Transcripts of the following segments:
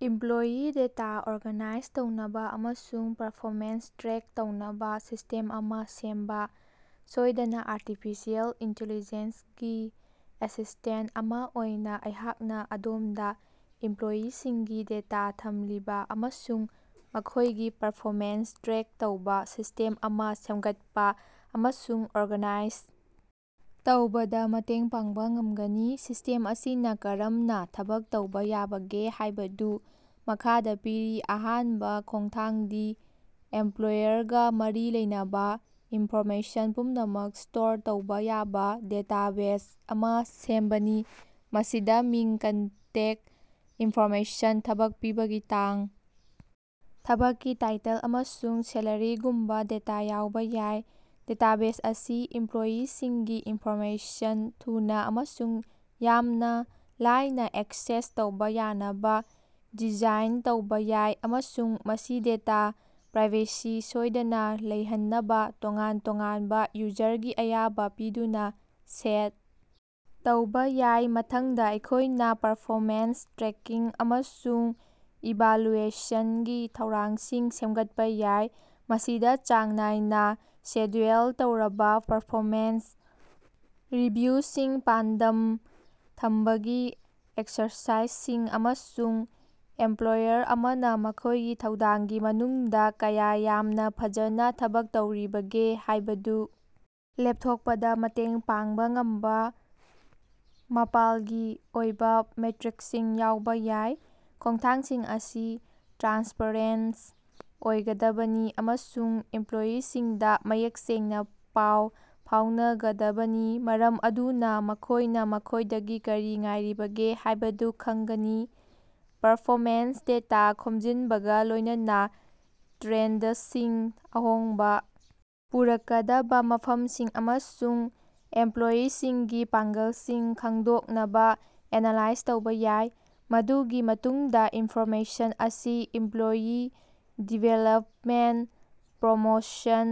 Employee data organise ꯇꯧꯅꯕꯥ ꯑꯃꯁꯨꯡ performance track ꯇꯧꯅꯕꯥ ꯁꯤꯁ꯭ꯇꯦꯝ ꯑꯃꯥ ꯁꯦꯝꯕꯥ꯫ ꯁꯣꯏꯗꯅꯥ ꯑꯥꯔꯇꯤꯐꯤꯁꯤꯌꯦꯜ ꯏꯟꯇꯤꯂꯤꯖꯦꯟꯁ ꯒꯤ ꯑꯦꯁꯤꯁ꯭ꯇꯦꯟꯠ ꯑꯃꯥ ꯑꯣꯏꯅꯥ ꯑꯩꯍꯥꯛꯅꯥ ꯑꯗꯣꯝꯗꯥ ꯏꯝꯄ꯭ꯂꯣꯌꯤꯁꯤꯡꯒꯤ ꯗꯦꯇꯥ ꯊꯝꯂꯤꯕꯥ ꯑꯃꯁꯨꯡ ꯃꯈꯣꯏꯒꯤ ꯄꯔꯐꯣꯃꯦꯟꯁ ꯇ꯭ꯔꯦꯛ ꯇꯧꯕꯥ ꯁꯤꯁ꯭ꯇꯦꯝ ꯑꯃꯥ ꯁꯦꯝꯒꯠꯄꯥ ꯑꯃꯁꯨꯡ ꯑꯣꯔꯒꯅꯥꯏꯖ ꯇꯧꯕꯗꯥ ꯃꯇꯦꯡ ꯄꯥꯡꯕꯥ ꯉꯝꯒꯅꯤ꯫ ꯁꯤꯁ꯭ꯇꯦꯝ ꯑꯁꯤꯅꯥ ꯀꯔꯝꯅꯥ ꯊꯕꯛ ꯇꯧꯕꯥ ꯌꯥꯕꯒꯦ ꯍꯥꯏꯕꯗꯨ ꯃꯈꯥꯗꯥ ꯄꯤꯔꯤ ꯑꯍꯥꯟꯕꯥ ꯈꯣꯡꯊꯥꯡꯗꯤ ꯑꯦꯝꯄ꯭ꯂꯣꯌꯔꯒꯥ ꯃꯔꯤ ꯂꯩꯅꯕꯥ ꯏꯟꯐꯣꯔꯃꯦꯁꯟ ꯄꯨꯝꯅꯃꯛ ꯁ꯭ꯇꯣꯔ ꯇꯧꯕꯥ ꯌꯥꯕꯥ ꯗꯦꯇꯥꯕꯦꯖ ꯑꯃꯥ ꯁꯦꯝꯕꯅꯤ꯫ ꯃꯁꯤꯗꯥ ꯃꯤꯡ ꯀꯟꯇꯦꯛ ꯏꯟꯐꯣꯔꯃꯦꯁꯟ ꯊꯕꯛ ꯄꯤꯕꯒꯤ ꯇꯥꯡ ꯊꯕꯛꯀꯤ ꯇꯥꯏꯇꯜ ꯑꯃꯁꯨꯡ ꯁꯦꯂꯔꯤꯒꯨꯝꯕꯥ ꯗꯦꯇꯥ ꯌꯥꯎꯕꯥ ꯌꯥꯏ꯫ ꯗꯦꯇꯥꯕꯦꯖ ꯑꯁꯤ ꯏꯝꯄ꯭ꯂꯣꯌꯤꯁꯤꯡꯒꯤ ꯏꯟꯐꯣꯔꯃꯦꯁꯟ ꯊꯨꯅꯥ ꯑꯃꯁꯨꯡ ꯌꯥꯝꯅꯥ ꯂꯥꯏꯅꯥ ꯑꯦꯛꯁꯦꯁ ꯇꯧꯕꯥ ꯌꯥꯅꯕꯥ ꯗꯤꯖꯥꯏꯟ ꯇꯧꯕꯥ ꯌꯥꯏ ꯑꯃꯁꯨꯡ ꯃꯁꯤ ꯗꯦꯇꯥ ꯄ꯭ꯔꯥꯏꯚꯦꯁꯤ ꯁꯣꯏꯗꯅꯥ ꯂꯩꯍꯟꯅꯕꯥ ꯇꯣꯉꯥꯟ ꯇꯣꯉꯥꯟꯕꯥ ꯌꯨꯖꯔꯒꯤ ꯑꯌꯥꯕꯥ ꯄꯤꯗꯨꯅꯥ ꯁꯦꯠ ꯇꯧꯕꯥ ꯌꯥꯏ꯫ ꯃꯊꯪꯗꯥ ꯑꯩꯈꯣꯏꯅꯥ ꯄꯔꯐꯣꯃꯦꯟꯁ ꯇ꯭ꯔꯦꯀꯤꯡ ꯑꯃꯁꯨꯡ ꯏꯚꯥꯂꯨꯑꯦꯁꯟꯒꯤ ꯊꯧꯔꯥꯡꯁꯤꯡ ꯁꯦꯝꯒꯠꯄꯥ ꯌꯥꯏ꯫ ꯃꯁꯤꯗꯥ ꯆꯥꯡ ꯅꯥꯏꯅꯥ ꯁꯦꯗ꯭ꯌꯨꯜ ꯇꯧꯔꯕꯥ ꯄꯔꯐꯣꯃꯦꯟꯁ ꯔꯤꯚꯤꯌꯨꯁꯤꯡ ꯄꯥꯟꯗꯝ ꯊꯝꯕꯒꯤ ꯑꯦꯛꯁꯔꯁꯥꯏꯖꯁꯤꯡ ꯑꯃꯁꯨꯡ ꯑꯦꯝꯄ꯭ꯂꯣꯌꯔ ꯑꯃꯅꯥ ꯃꯈꯣꯏꯒꯤ ꯊꯧꯗꯥꯡꯒꯤ ꯃꯅꯨꯡꯗꯥ ꯀꯌꯥ ꯌꯥꯝꯅꯥ ꯐꯖꯅꯥ ꯊꯕꯛ ꯇꯧꯔꯤꯕꯒꯦ ꯍꯥꯏꯕꯗꯨ ꯂꯦꯞꯊꯣꯛꯄꯗꯥ ꯃꯇꯦꯡ ꯄꯥꯡꯕꯥ ꯉꯝꯕꯥ ꯃꯥꯄꯂꯒꯤ ꯑꯣꯏꯕꯥ ꯃꯦꯇ꯭ꯔꯤꯛꯁꯤꯡ ꯌꯥꯎꯕꯥ ꯌꯥꯏ꯫ ꯈꯣꯡꯊꯥꯡꯁꯤꯡ ꯑꯁꯤ ꯇ꯭ꯔꯥꯟꯁꯄꯔꯦꯟꯠ ꯑꯣꯏꯒꯗꯕꯅꯤ ꯑꯃꯁꯨꯡ ꯏꯝꯄ꯭ꯂꯣꯌꯤꯁꯤꯡꯗꯥ ꯃꯌꯦꯛ ꯁꯦꯡꯅꯥ ꯄꯥꯎ ꯐꯥꯎꯅꯒꯗꯕꯅꯤ ꯃꯔꯝ ꯑꯗꯨꯅꯥ ꯃꯈꯣꯏꯅꯥ ꯃꯈꯣꯏꯗꯒꯤ ꯀꯔꯤ ꯉꯥꯏꯔꯤꯕꯒꯦ ꯍꯥꯏꯕꯗꯨ ꯈꯪꯒꯅꯤ꯫ ꯄꯔꯐꯣꯃꯦꯟꯁ ꯗꯦꯇꯥ ꯈꯣꯝꯖꯤꯟꯕꯒꯥ ꯂꯣꯏꯅꯅꯥ ꯇ꯭ꯔꯦꯟꯗꯁꯤꯡ ꯑꯍꯣꯡꯕꯥ ꯄꯨꯔꯛꯀꯗꯕꯥ ꯃꯐꯝꯁꯤꯡ ꯑꯃꯁꯨꯡ ꯑꯦꯝꯄ꯭ꯂꯣꯌꯤꯁꯤꯡꯒꯤ ꯄꯥꯡꯒꯜꯁꯤꯡ ꯈꯪꯗꯣꯛꯅꯕꯥ ꯑꯦꯅꯥꯂꯥꯏꯖ ꯇꯧꯕꯥ ꯌꯥꯏ꯫ ꯃꯗꯨꯒꯤ ꯃꯇꯨꯡꯗꯥ ꯏꯟꯐꯣꯔꯃꯦꯁꯟ ꯑꯁꯤ ꯏꯝꯄ꯭ꯂꯣꯌꯤ ꯗꯤꯚꯦꯂꯄꯃꯦꯟꯠ ꯄ꯭ꯔꯣꯃꯣꯁꯟ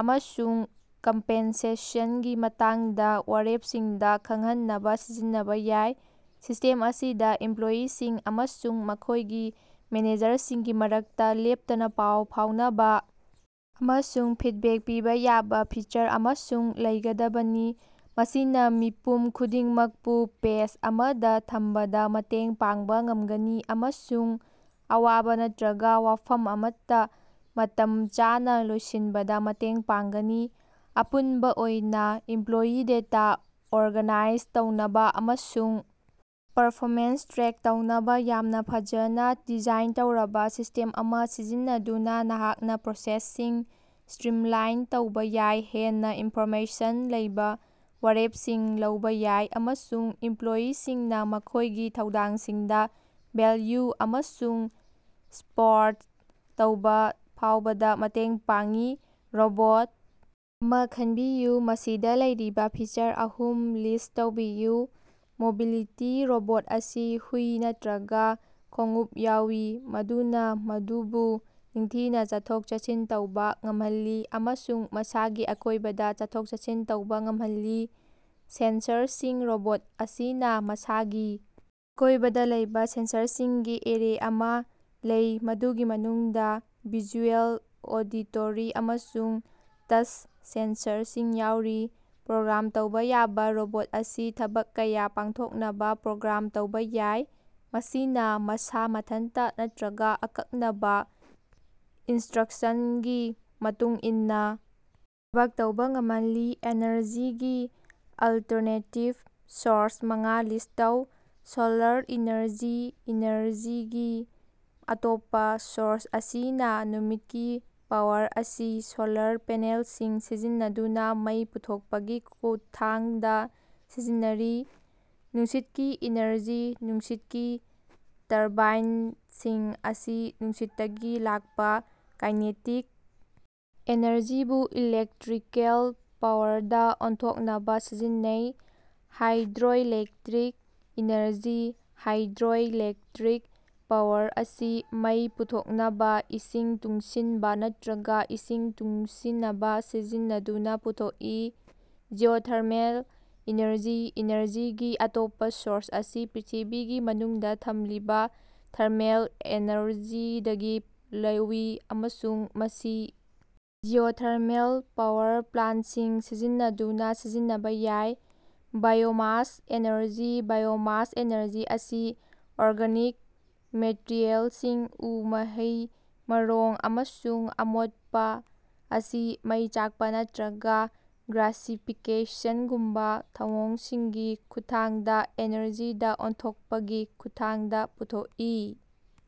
ꯑꯃꯁꯨꯡ ꯀꯝꯄꯦꯟꯁꯦꯁꯟꯒꯤ ꯃꯇꯥꯡꯗꯥ ꯋꯥꯔꯦꯞꯁꯤꯡꯗꯥ ꯈꯪꯍꯟꯅꯕꯥ ꯁꯤꯖꯤꯟꯅꯕꯥ ꯌꯥꯏ꯫ ꯁꯤꯁ꯭ꯇꯦꯝ ꯑꯁꯤꯗꯥ ꯏꯝꯄ꯭ꯂꯣꯌꯤꯁꯤꯡ ꯑꯃꯁꯨꯡ ꯃꯈꯣꯏꯒꯤ ꯃꯦꯅꯦꯖꯔꯁꯤꯡꯒꯤ ꯃꯔꯛꯇꯥ ꯂꯦꯞꯇꯅꯥ ꯄꯥꯎ ꯐꯥꯎꯅꯕꯥ ꯑꯃꯁꯨꯡ ꯐꯤꯗꯕꯦꯛ ꯄꯤꯕꯥ ꯌꯥꯕꯥ ꯐꯤꯆꯔ ꯑꯃꯁꯨ ꯂꯩꯒꯗꯕꯅꯤ꯫ ꯃꯁꯤꯅꯥ ꯃꯤꯄꯨꯝ ꯈꯨꯗꯤꯡꯃꯛꯄꯨ ꯄꯦꯖ ꯑꯃꯗꯥ ꯊꯝꯕꯗꯥ ꯃꯇꯦꯡ ꯄꯥꯡꯕꯥ ꯉꯝꯒꯅꯤ ꯑꯃꯁꯨꯡ ꯑꯋꯥꯕꯥ ꯅꯠꯇ꯭ꯔꯒꯥ ꯋꯥꯐꯝ ꯑꯃꯠꯇꯥ ꯃꯇꯝ ꯆꯥꯅꯥ ꯂꯣꯏꯁꯤꯟꯕꯗꯥ ꯃꯇꯦꯡ ꯄꯥꯡꯒꯅꯤ꯫ ꯑꯄꯨꯟꯕꯥ ꯑꯣꯏꯅ ꯏꯝꯄ꯭ꯂꯣꯌꯤ ꯗꯦꯇꯥ ꯑꯣꯔꯒꯥꯅꯥꯏꯖ ꯇꯧꯅꯕꯥ ꯑꯃꯁꯨꯡ ꯄꯔꯐꯣꯃꯦꯟꯁ ꯇ꯭ꯔꯦꯛ ꯇꯧꯅꯕꯥ ꯌꯥꯝꯅꯥ ꯐꯖꯅꯥ ꯗꯤꯖꯥꯏꯟ ꯇꯧꯔꯕꯥ ꯁꯤꯁ꯭ꯇꯦꯝ ꯑꯃꯥ ꯁꯤꯖꯤꯟꯅꯗꯨꯅꯥ ꯅꯍꯥꯛꯅꯥ ꯄ꯭ꯔꯣꯁꯦꯁꯁꯤꯡ ꯁ꯭ꯇꯔꯤꯝꯂꯥꯏꯟ ꯇꯧꯕꯥ ꯌꯥꯏ ꯍꯦꯟꯅꯥ ꯏꯟꯐꯣꯔꯃꯦꯁꯟ ꯂꯩꯕꯥ ꯋꯥꯔꯦꯞꯁꯤꯡ ꯂꯧꯕꯥ ꯌꯥꯏ ꯑꯃꯁꯨꯡ ꯏꯝꯄ꯭ꯂꯣꯌꯤꯁꯤꯡꯅꯥ ꯃꯈꯣꯏꯒꯤ ꯊꯧꯗꯥꯡꯁꯤꯡꯗꯥ ꯚꯦꯜꯌꯨ ꯑꯃꯁꯨꯡ ꯁꯄꯣꯔꯠ ꯇꯧꯕꯥ ꯐꯥꯎꯕꯗꯥ ꯃꯇꯦꯡ ꯄꯥꯡꯏ꯫ ꯔꯣꯕꯣꯠ ꯑꯃꯥ ꯈꯟꯕꯤꯌꯨ꯫ ꯃꯁꯤꯗꯥ ꯂꯩꯔꯤꯕꯥ ꯐꯤꯆꯔ ꯑꯍꯨꯝ ꯂꯤꯁ꯭ꯠ ꯇꯧꯕꯤꯌꯨ꯫ ꯃꯣꯕꯤꯂꯤꯇꯤ ꯔꯣꯕꯣꯠ ꯑꯁꯤ ꯍꯨꯏ ꯅꯠꯇ꯭ꯔꯒꯥ ꯈꯣꯡꯎꯞ ꯌꯥꯎꯏ ꯃꯗꯨꯅꯥ ꯃꯗꯨꯕꯨ ꯅꯤꯡꯊꯤꯅꯥ ꯆꯠꯊꯣꯛ ꯆꯠꯁꯤꯟ ꯇꯧꯕꯥ ꯉꯝꯍꯜꯂꯤ ꯑꯃꯁꯨꯡ ꯃꯁꯥꯒꯤ ꯑꯀꯣꯏꯕꯗꯥ ꯆꯠꯊꯣꯛ ꯆꯠꯁꯤꯟ ꯇꯧꯕꯥ ꯉꯝꯍꯜꯂꯤ꯫ ꯁꯦꯟꯁꯔꯁꯤꯡ ꯔꯣꯕꯣꯠ ꯑꯁꯤꯅꯥ ꯃꯁꯥꯒꯤ ꯑꯀꯣꯏꯕꯗꯥ ꯂꯩꯕꯥ ꯁꯦꯟꯁꯔꯁꯤꯡꯒꯤ ꯑꯦꯔꯦ ꯑꯃꯥ ꯂꯩ ꯃꯗꯨꯒꯤ ꯃꯅꯨꯡꯗꯥ ꯚꯤꯖꯨꯑꯦꯜ ꯑꯣꯗꯤꯇꯣꯔꯤ ꯑꯃꯁꯨꯡ ꯇꯆ ꯁꯦꯟꯁꯔꯁꯤꯡ ꯌꯥꯎꯔꯤ꯫ ꯄ꯭ꯔꯣꯒ꯭ꯔꯥꯝ ꯇꯧꯕꯥ ꯌꯥꯕꯥ ꯔꯣꯕꯣꯠ ꯑꯁꯤ ꯊꯕꯛ ꯀꯌꯥ ꯄꯥꯡꯊꯣꯛꯅꯕꯥ ꯄ꯭ꯔꯣꯒ꯭ꯔꯥꯝ ꯇꯧꯕꯥ ꯌꯥꯏ, ꯃꯁꯤꯅꯥ ꯃꯁꯥ ꯃꯊꯟꯇꯥ ꯅꯠꯇ꯭ꯔꯒꯥ ꯑꯀꯛꯅꯕꯥ ꯏꯅꯁ꯭ꯇꯔꯛꯁꯟꯒꯤ ꯃꯇꯨꯡ ꯏꯟꯅꯥ ꯊꯕꯛ ꯇꯧꯕꯥ ꯉꯝꯍꯜꯂꯤ꯫ ꯑꯦꯅꯔꯖꯤꯒꯤ ꯑꯜꯇꯔꯅꯦꯇꯤꯚ ꯁꯣꯔꯁ ꯃꯉꯥ ꯂꯤꯁ꯭ꯠ ꯇꯧ꯫ ꯁꯣꯂꯥꯔ ꯏꯅꯔꯖꯤ ꯏꯅꯔꯖꯤꯒꯤ ꯑꯇꯣꯞꯄꯥ ꯁꯣꯔꯁ ꯑꯁꯤꯅꯥ ꯅꯨꯃꯤꯠꯀꯤ ꯄꯥꯋꯔ ꯑꯁꯤ ꯁꯣꯂꯥꯔ ꯄꯦꯅꯦꯜꯁꯤꯡ ꯁꯤꯖꯤꯟꯅꯗꯨꯅꯥ ꯃꯩ ꯄꯨꯊꯣꯛꯄꯒꯤ ꯈꯨꯠꯊꯥꯡꯗꯥ ꯁꯤꯖꯤꯟꯅꯔꯤ꯫ ꯅꯨꯡꯁꯤꯠꯀꯤ ꯏꯅꯔꯖꯤ ꯅꯨꯡꯁꯤꯠꯀꯤ ꯇꯔꯕꯥꯏꯟꯁꯤꯡ ꯑꯁꯤ ꯅꯨꯡꯁꯤꯠꯇꯒꯤ ꯂꯥꯛꯄꯥ ꯀꯥꯏꯅꯦꯇꯤꯛ ꯑꯦꯅꯔꯖꯤꯕꯨ ꯏꯂꯦꯛꯇ꯭ꯔꯤꯀꯦꯜ ꯄꯥꯋꯔꯗꯥ ꯑꯣꯟꯊꯣꯛꯅꯕꯥ ꯁꯤꯖꯤꯟꯅꯩ꯫ ꯍꯥꯏꯗ꯭ꯔꯣꯏꯂꯦꯛꯇ꯭ꯔꯤꯛ ꯏꯅꯔꯖꯤ ꯍꯥꯏꯗ꯭ꯔꯣꯏꯂꯦꯛꯇ꯭ꯔꯤꯛ ꯄꯥꯋꯔ ꯑꯁꯤ ꯃꯩ ꯄꯨꯊꯣꯛꯅꯕꯥ ꯏꯁꯤꯡ ꯇꯨꯡꯁꯤꯟꯕꯥ ꯅꯠꯇ꯭ꯔꯒꯥ ꯏꯁꯤꯡ ꯇꯨꯡꯁꯤꯅꯕꯥ ꯁꯤꯖꯤꯟꯅꯗꯨꯅꯥ ꯄꯨꯊꯣꯛꯏ꯫ ꯖꯤꯑꯣꯊꯔꯃꯦꯜ ꯏꯅꯔꯖꯤ ꯏꯅꯔꯖꯤꯒꯤ ꯑꯇꯣꯞꯄꯥ ꯁꯣꯔꯁ ꯑꯁꯤ ꯄ꯭ꯔ꯭ꯤꯊꯤꯕꯤꯒꯤ ꯃꯅꯨꯡꯗꯥ ꯊꯝꯂꯤꯕꯥ ꯊꯔꯃꯦꯜ ꯑꯦꯅꯔꯖꯤꯗꯒꯤ ꯂꯧꯏ ꯑꯃꯁꯨꯡ ꯃꯁꯤ ꯖꯤꯑꯣꯊꯔꯃꯦꯜ ꯄꯥꯋꯔ ꯄ꯭ꯂꯥꯟꯠꯁꯤꯡ ꯁꯤꯖꯤꯟꯅꯗꯨꯅꯥ ꯁꯤꯖꯤꯟꯅꯕꯥ ꯌꯥꯏ꯫ ꯕꯥꯏꯑꯣꯃꯥꯁ ꯑꯦꯅꯔꯖꯤ ꯕꯥꯏꯑꯣꯃꯥꯁ ꯑꯦꯅꯔꯖꯤ ꯑꯁꯤ ꯑꯣꯔꯒꯥꯅꯤꯛ ꯃꯦꯇꯔꯤꯑꯦꯜꯁꯤꯡ ꯎ ꯃꯍꯩ ꯃꯔꯣꯡ ꯑꯃꯁꯨꯡ ꯑꯃꯣꯠꯄꯥ ꯑꯁꯤ ꯃꯩ ꯆꯥꯛꯄꯥ ꯅꯠꯇ꯭ꯔꯒꯥ ꯒ꯭ꯌꯥꯁꯤꯐꯤꯀꯦꯁꯟꯒꯨꯝꯕꯥ ꯊꯧꯑꯣꯡꯁꯤꯡꯒꯤ ꯈꯨꯠꯊꯥꯡꯗꯥ ꯑꯦꯅꯔꯖꯤꯗꯥ ꯑꯣꯟꯊꯣꯛꯄꯒꯤ ꯈꯨꯠꯊꯥꯡꯗꯥ ꯄꯨꯊꯣꯛꯏ꯫